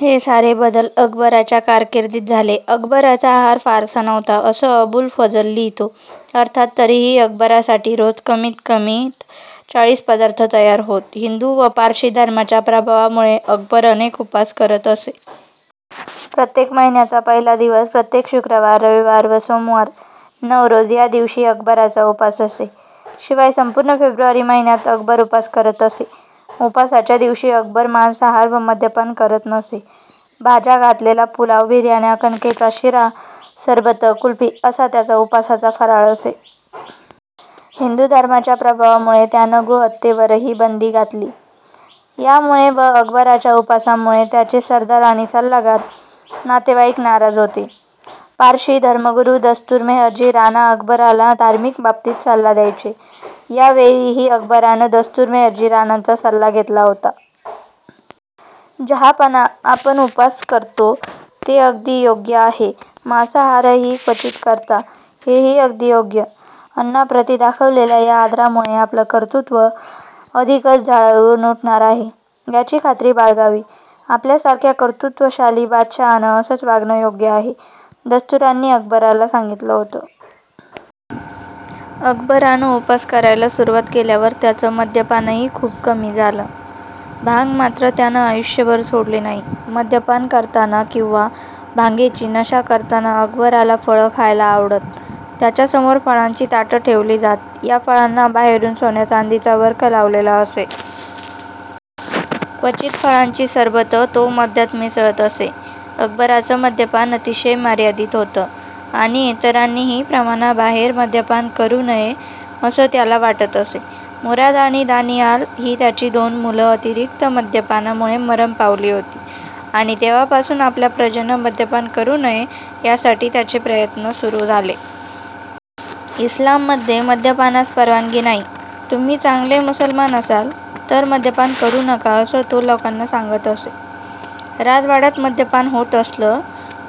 हे सारे बदल अकबराच्या कारकिर्दीत झाले. अकबराचा आहार फारसा नव्हता, असं अबुल फझल लिहितो. अर्थात तरीही अकबरासाठी रोज कमीत कमीत चाळीस पदार्थ तयार होत. हिंदू व पारशी धर्माच्या प्रभावामुळे अकबर अनेक उपास करत असे. प्रत्येक महिन्याचा पहिला दिवस, प्रत्येक शुक्रवार, रविवार व सोमवार, नवरोझ या दिवशी अकबराचा उपास असे. शिवाय संपूर्ण फेब्रुवारी महिन्यात अकबर उपास करत असे. उपासाच्या दिवशी अकबर मांसाहार व मद्यपान करत नसे. भाज्या घातलेला पुलाव, बिर्याण्या, कणकेचा शिरा, सरबतं, कुल्फी असा त्याचा उपासाचा फराळ असे. हिंदू धर्माच्या प्रभावामुळे त्यानं गोहत्येवरही बंदी घातली. यामुळे व अकबराच्या उपासांमुळे त्याचे सरदार आणि सल्लागार, नातेवाईक नाराज होते. पारशी धर्मगुरू दस्तुर मेहरजी राणा अकबराला धार्मिक बाबतींत सल्ला द्यायचे. यावेळीही अकबरानं दस्तुर मेहरजी राणांचा सल्ला घेतला होता. "जहाँपनाह, आपण उपवास करता ते अगदी योग्य आहे. मांसाहारही क्वचित करता, हेही अगदी योग्य. अन्नाप्रती दाखवलेल्या या आदरामुळे आपलं कर्तृत्व अधिकच झळाळून उठणार आहे, याची खात्री बाळगावी. आपल्यासारख्या कर्तृत्वशाली बादशाहानं असंच वागणं योग्य आहे", दस्तुरांनी अकबराला सांगितलं होतं. अकबरानं उपास करायला सुरुवात केल्यावर त्याचं मद्यपानही खूप कमी झालं. भांग मात्र त्यानं आयुष्यभर सोडली नाही. मद्यपान करताना किंवा भांगेची नशा करताना अकबराला फळं खायला आवडत. त्याच्यासमोर फळांची ताटं ठेवली जात. या फळांना बाहेरून सोन्याचांदीचा वर्ख लावलेला असे. क्वचित फळांची सरबतं तो मद्यात मिसळत असे. अकबराचं मद्यपान अतिशय मर्यादित होतं, आणि इतरांनीही प्रमाणाबाहेर मद्यपान करू नये, असं त्याला वाटत असे. मुराद आणि दानिआल ही त्याची दोन मुलं अतिरिक्त मद्यपानामुळे मरण पावली होती, आणि तेव्हापासून आपल्या प्रजेनं मद्यपान करू नये, यासाठी त्याचे प्रयत्न सुरू झाले. इस्लाममध्ये मद्यपानास परवानगी नाही, तुम्ही चांगले मुसलमान असाल, तर मद्यपान करू नका, असं तो लोकांना सांगत असे. राजवाड्यात मद्यपान होत असलं,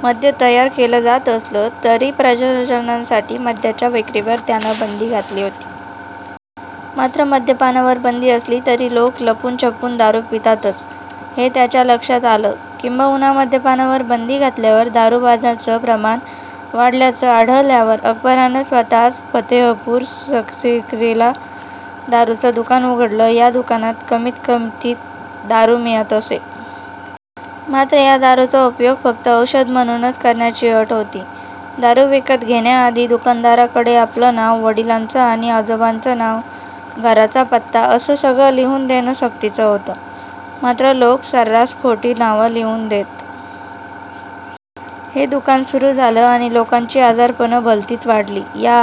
मद्य तयार केलं जात असलं तरी प्रजाजनांसाठी मद्याच्या विक्रीवर त्यानं बंदी घातली होती. मात्र मद्यपानावर बंदी असली तरी लोक लपूनछपून दारू पितातच, हे त्याच्या लक्षात आलं. किंबहुना मद्यपानावर बंदी घातल्यावर दारुबाजांचं प्रमाण वाढल्याचं आढळल्यावर अकबरानं स्वत:च फतेहपूर सिक्रीला दारूचं दुकान उघडलं. या दुकानात कमी किमतीत दारू मिळत असे. मात्र या दारूचा उपयोग फक्त औषध म्हणूनच करण्याची अट होती. दारू विकत घेण्याआधी दुकानदाराकडे आपलं नाव, वडिलांचं आणि आजोबांचं नाव, घराचा पत्ता असं सगळं लिहून देणं सक्तीचं होतं. मात्र लोक सर्रास खोटी नावं लिहून देत. हे दुकान सुरू झालं आणि लोकांची आजारपणं भलतीच वाढली. या